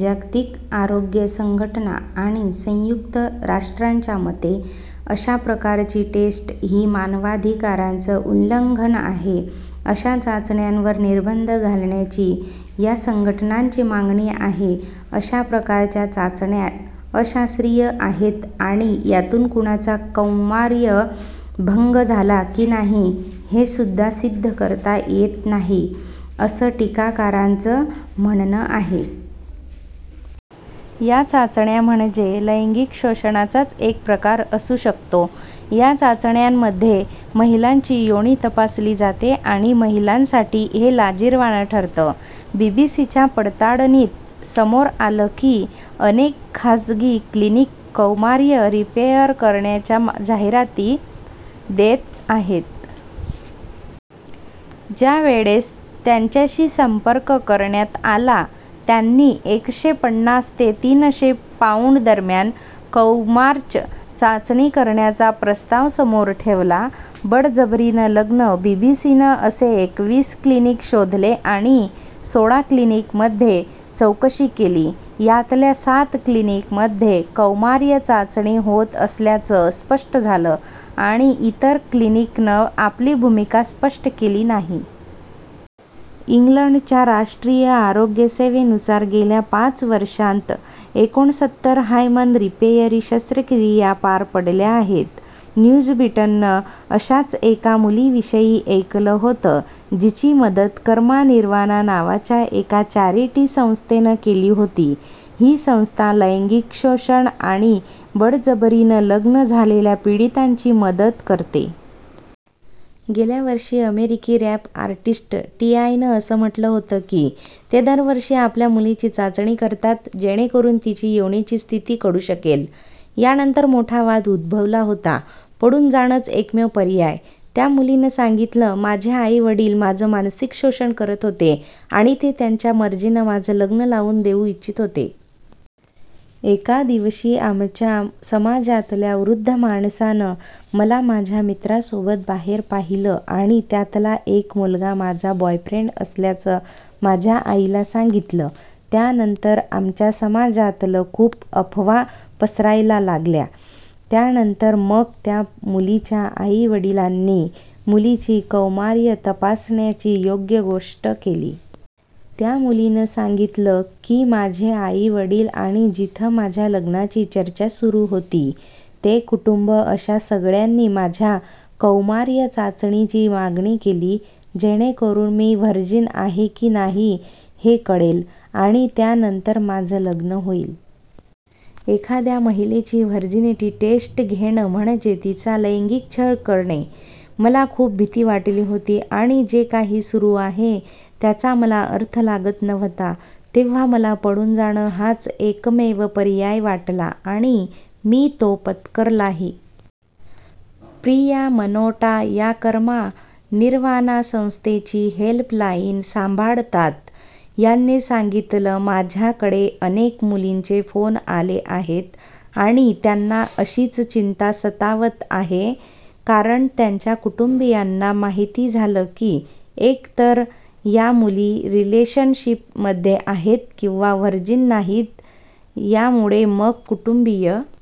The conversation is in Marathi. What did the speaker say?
जागतिक आरोग्य संघटना आणि संयुक्त राष्ट्रांच्या मते, अशाप्रकारची टेस्ट ही मानवाधिकारांचं उल्लंघन आहे. अशा चाचण्यांवर निर्बंध घालण्याची या संघटनांची मागणी आहे. अशाप्रकारच्या चाचण्या अशास्त्रीय आहेत आणि यातून कुणाचा कौमार्य भंग झाला की नाही, हेसुद्धा सिद्ध करता येत नाही, असं टीकाकारांचं म्हणणं आहे. या चाचण्या म्हणजे लैंगिक शोषणाचाच एक प्रकार असू शकतो. या चाचण्यांध्ये महिलांची योनी तपासली जाते. आणि महिलांसाठी हे लाजिरवाणं ठरतं. बीबीसीच्या पडताळणीत समोर आलं की, अनेक खासगी क्लिनिक कौमार्य रिपेअर करण्याच्या जाहिराती देत आहेत. ज्यावेळेस त्यांच्याशी संपर्क करण्यात आला, त्यांनी एकशे पन्नास ते तीनशे पाऊंडदरम्यान कौमार्च चाचणी करण्याचा प्रस्ताव समोर ठेवला. बळजबरीनं लग्न बीबीसीनं असे एकवीस क्लिनिक शोधले आणि सोळा क्लिनिकमध्ये चौकशी केली. यातल्या सात क्लिनिकमध्ये कौमार्य चाचणी होत असल्याचं स्पष्ट झालं आणि इतर क्लिनिकनं आपली भूमिका स्पष्ट केली नाही. इंग्लंडच्या राष्ट्रीय आरोग्य सेवेनुसार गेल्या पाच वर्षांत एकोणसत्तर हायमन रिपेयरी शस्त्रक्रिया पार पडल्या आहेत. न्यूजबीटनं अशाच एका मुलीविषयी ऐकलं होतं, जिची मदत कर्मा निर्वाना नावाच्या एका चॅरिटी संस्थेनं केली होती. ही संस्था लैंगिक शोषण आणि बळजबरीनं लग्न झालेल्या पीडितांची मदत करते. गेल्या वर्षी अमेरिकी रॅप आर्टिस्ट टीआयनं असं म्हटलं होतं की, ते दरवर्षी आपल्या मुलीची चाचणी करतात जेणेकरून तिची योनीची स्थिती कळू शकेल. यानंतर मोठा वाद उद्भवला होता. 'पळून जाणंच एकमेव पर्याय' त्या मुलीनं सांगितलं, माझे आई-वडील माझं मानसिक शोषण करत होते आणि ते त्यांच्या मर्जीनं माझं लग्न लावून देऊ इच्छित होते. एका दिवशी आमच्या समाजातल्या वृद्ध माणसानं मला माझ्या मित्रांसोबत बाहेर पाहिलं आणि त्यातला एक मुलगा माझा बॉयफ्रेंड असल्याचं माझ्या आईला सांगितलं. त्यानंतर आमच्या समाजात खूप अफवा पसरायला लागल्या. त्यानंतर मग त्या मुलीच्या आई-वडिलांनी मुलीची कौमार्य तपासण्याची गोष्ट केली. त्या मुलीनं सांगितलं की माझे आई-वडील आणि जिथं माझ्या लग्नाची चर्चा सुरू होती, ते कुटुंब अशा सगळ्यांनी माझ्या कौमार्य चाचणीची मागणी केली. जेणेकरून मी व्हर्जिन आहे की नाही हे कळेल आणि त्यानंतर माझं लग्न होईल. एखाद्या महिलेची व्हर्जिनिटी टेस्ट घेणं म्हणजे तिचा लैंगिक छळ क रणे मला खूप भीती वाटली होती आणि जे काही सुरू आहे त्याचा मला अर्थ लागत नव्हता. तेव्हा मला पळून जाणं हाच एकमेव पर्याय वाटला आणि मी तो पत्करलाही. प्रिया मनोटा या कर्मा निरवाना संस्थेची हेल्पलाईन सांभाळतात. त्यांनी सांगितलं आमच्याकडे अनेक मुलींचे फोन आले आहेत आणि त्यांना अशीच चिंता सतावत आहे. कारण त्यांच्या कुटुंबीयांना माहिती झालं की एकतर या मुली रिलेशनशिपमध्ये आहेत किंवा व्हर्जिन नाहीत. यामुळे मग कुटुंबीय